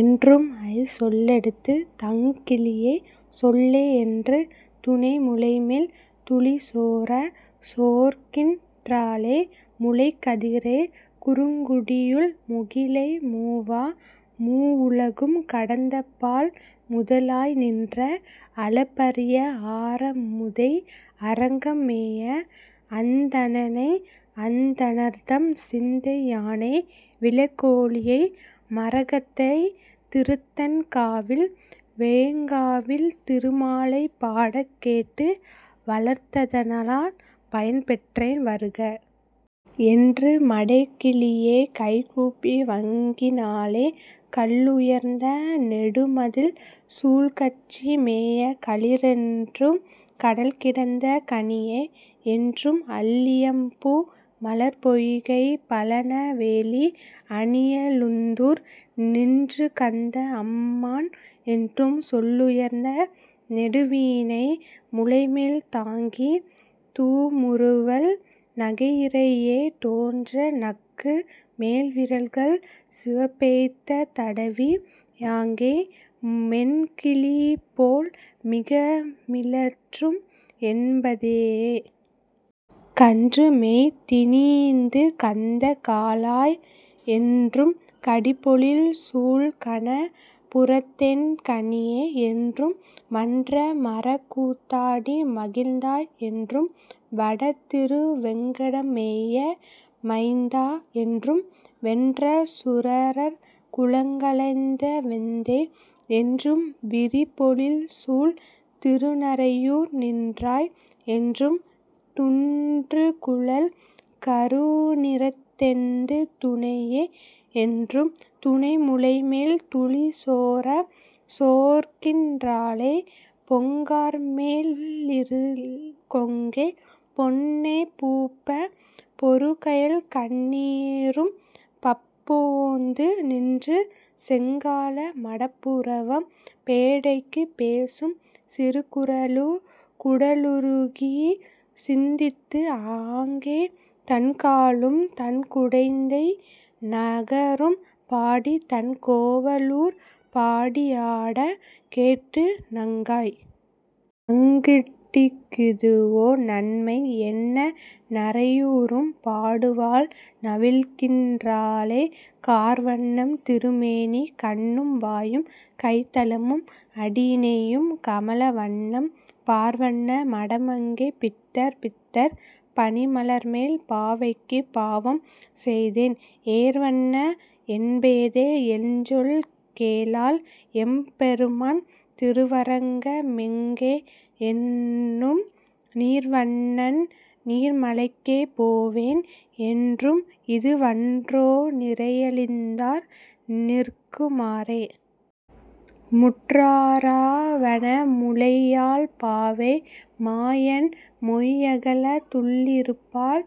என்றும்,। சொல்லெடுத்துத் தங்கிளியைச் சொல்லே என்று துணைமுலைமேல் துளிசோரச் சோர்க்கின் றாளே. முளைக்கதிரைக் குறுங்குடியுள் முகிலை மூவா மூவுலகும் கடந்தப்பால் முதலாய் நின்ற, அளப்பரிய ஆரமுதை அரங்கம் மேய அந்தணனை அந்தணர்தம் சிந்தை யானை, விளக்கொளியை மரகதத்தைத் திருத்தண் காவில் வெஃகாவில் திருமாலைப் பாடக் கேட்டு வளர்த்ததனால் பயன்பெற்றேன் வருக. என்று மடக்கிளியைக் கைகூப்பி வங்கி னாளே. கல்லுயர்ந்த நெடுமதிள்சூழ் கச்சி மேய களிறென்றும் கடல்கிடந்த கனியே. என்றும், அல்லியம்பூ மலர்ப்பொய்கைப் பழன வேலி அணியழுந்தூர் நின்றுகந்த அம்மான் என்றும், சொல்லுயர்ந்த நெடுவீணை முலைமேல் தாங்கித் தூமுறுவல் நகையிறையே தோன்ற நக்கு, மெல்விரல்கள் சிவப்பெய்தத் தடவி யாங்கே மென்கிளிபோல் மிகமிழற்றும் என்பே தையே. கன்றுமேய்த் தினிதுகந்த காளாய். என்றும், கடிபொழில்சூழ் கணபுரத்தென் கனியே. என்றும், மன்றமரக் கூத்தாடி மகிழ்ந்தாய். என்றும், வடதிருவேங் கடம்மேய மைந்தா. என்றும், வென்றசுரர் குலங்களைந்த வேந்தே. என்றும், விரிபொழில்சூழ் திருநறையூர் நின்றாய். என்றும், துன்றுகுழல் கருநிறத்தென் துணையே என்றும் துணைமுலைமேல் துளிசோரச் சோர்க்கின் றாளே. பொங்கார்மெல் லிளங்கொங்கை பொன்னே பூப்பப் பொருகயல்கண் ணீரரும்பப் போந்து நின்று செங்கால மடப்புறவம் பெடைக்குப் பேசும் சிறுகுரலுக் குடலுருகிச் சிந்தித்து, ஆங்கே தண்காலும் தண்குடந்தை நகரும் பாடித் தண்கோவ லூர்ப்பாடி யாடக் கேட்டு, நங்காய். நங் குடிக்கிதுவோ நன்மை? என்ன நறையூரும் பாடுவாள் நவில்கின் றாளே. கார்வண்ணம் திருமேனி கண்ணும் வாயும் கைத்தலமும் அடியிணையும் கமல வண்ணம், பார்வண்ண மடமங்கை பித்தர் பித்தர் பனிமலர்மேல் பாவைக்குப் பாவம் செய்தேன், ஏர்வண்ண என்பேதை எஞ்சொல் கேளாள் எம்பெருமான் திருவரங்க மெங்கே? என்னும், நீர்வண்ணன் நீர்மலைக்கே போவேன் என்னும் இதுவன்றோ நிறையழிந்தார் நிற்கு மாறே? முற்றாரா வனமுலையாள் பாவை மாயன் மொய்யகலத் துள்ளிருப்பாள்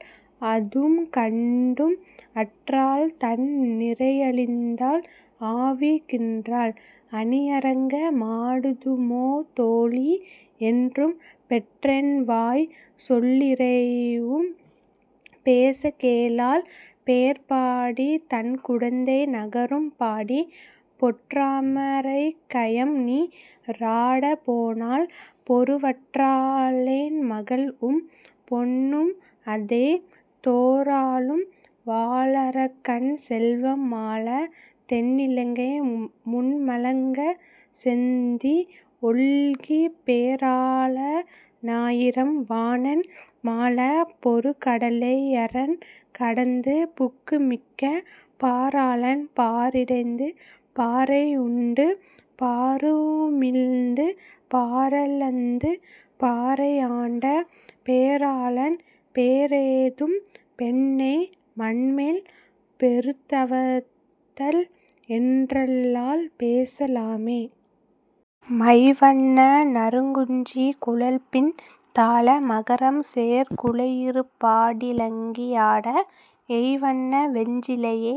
அஃதும் கண்டும் அற்றாள், தன் நிறையழிந்தாள் ஆவிக் கின்றாள் அணியரங்க மாடுதுமோ தோழீ. என்னும், பெற்றேன்வாய்ச் சொல்லிறையும் பேசக் கேளாள் பேர்ப்பாடித் தண்குடந்தை நகரும் பாடி, பொற்றாம ரைக்கயம்நீ ராடப் போனாள் பொருவற்றா ளென்மகள்உம் பொன்னும் அஃதே. தோராளும் வாளரக்கன் செல்வம் மாளத் தென்னிலங்கை முன்மலங்கச் செந்தீ ஒல்கி, பேராள னாயிரம் வாணன் மாளப் பொருகடலை யரண்கடந்து புக்கு மிக்க பாராளன், பாரிடந்து பாரை யுண்டு பாருமிழ்ந்து பாரளந்து பாரை யாண்ட பேராளன், பேரோதும் பெண்ணை மண்மேல் பெருந்தவத்தள் என்றல்லால் பேச லாமே? மைவண்ண நறுங்குஞ்சி குழல்பின் தாழ மகரம்சேர் குழையிருபா டிலங்கி யாட, எய்வண்ண வெஞ்சிலையே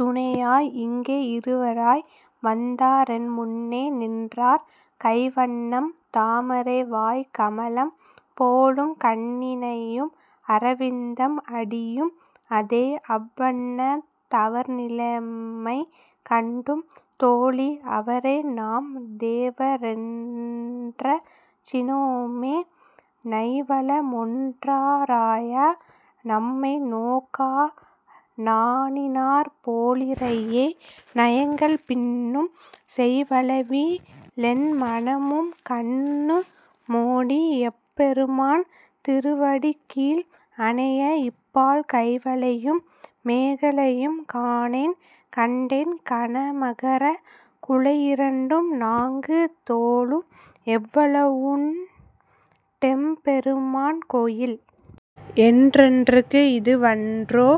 துணையா இங்கே இருவராய் வந்தாரென் முன்னே நின்றார் கைவண்ணம் தாமரைவாய் கமலம் போலும் கண்ணிணையும் அரவிந்தம் அடியும் அஃதே, அவ்வண்ணத் தவர்நிலைமை கண்டும் தோழீ. அவரைநாம் தேவரென் றஞ்சி னோமே. நைவளமொன் றாராயா நம்மை நோக்கா நாணினார் போலிறையே நயங்கள் பின்னும், செய்வளவி லென்மனமும் கண்ணு மோடி எம்பெருமான் திருவடிக்கீழ் அணைய, இப்பால் கைவளையும் மேகலையும் காணேன் கண்டேன் கனமகரக் குழையிரண்டும் நான்கு தோளும், எவ்வளவுண் டெம்பெருமான் கோயில்? என்றேற்கு இதுவன்றோ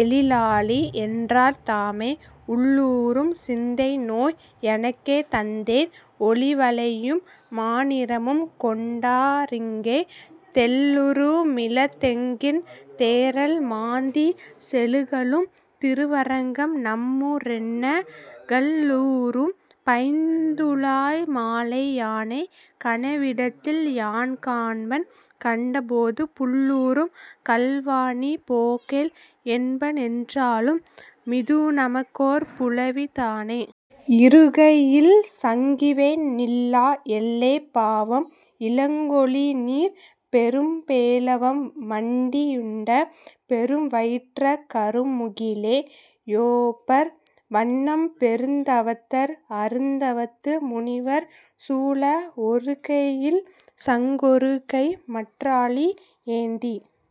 எழிலாலி? என்றார் தாமே. உள்ளூரும் சிந்தைநோய் எனக்கே தந்தென் ஒளிவளையும் மாநிறமும் கொண்டா ரிங்கே, தெள்ளூரு மிளந்தெங்கின் தேறல் மாந்திச் சேலுகளும் திருவரங்கம் நம்மூ ரென்னக் கள்ளூரும் பைந்துழாய் மாலை யானைக் கனவிடத்தில் யான்காண்பன் கண்ட போது, புள்ளூரும் கள்வாநீ போகேல், என்பன் என்றாலு மிதுநமக்கோர் புலவி தானே? இருகையில்சங் கிவைநில்லா எல்லே பாவம். இலங்கொலிநீர் பெரும்பௌவம் மண்டி யுண்ட, பெருவயிற்ற கருமுகிலே யொப்பர் வண்ணம் பெருந்தவத்தர் அருந்தவத்து முனிவர் சூழ ஒருகையில்சங் கொருகைமற் றாழி யேந்தி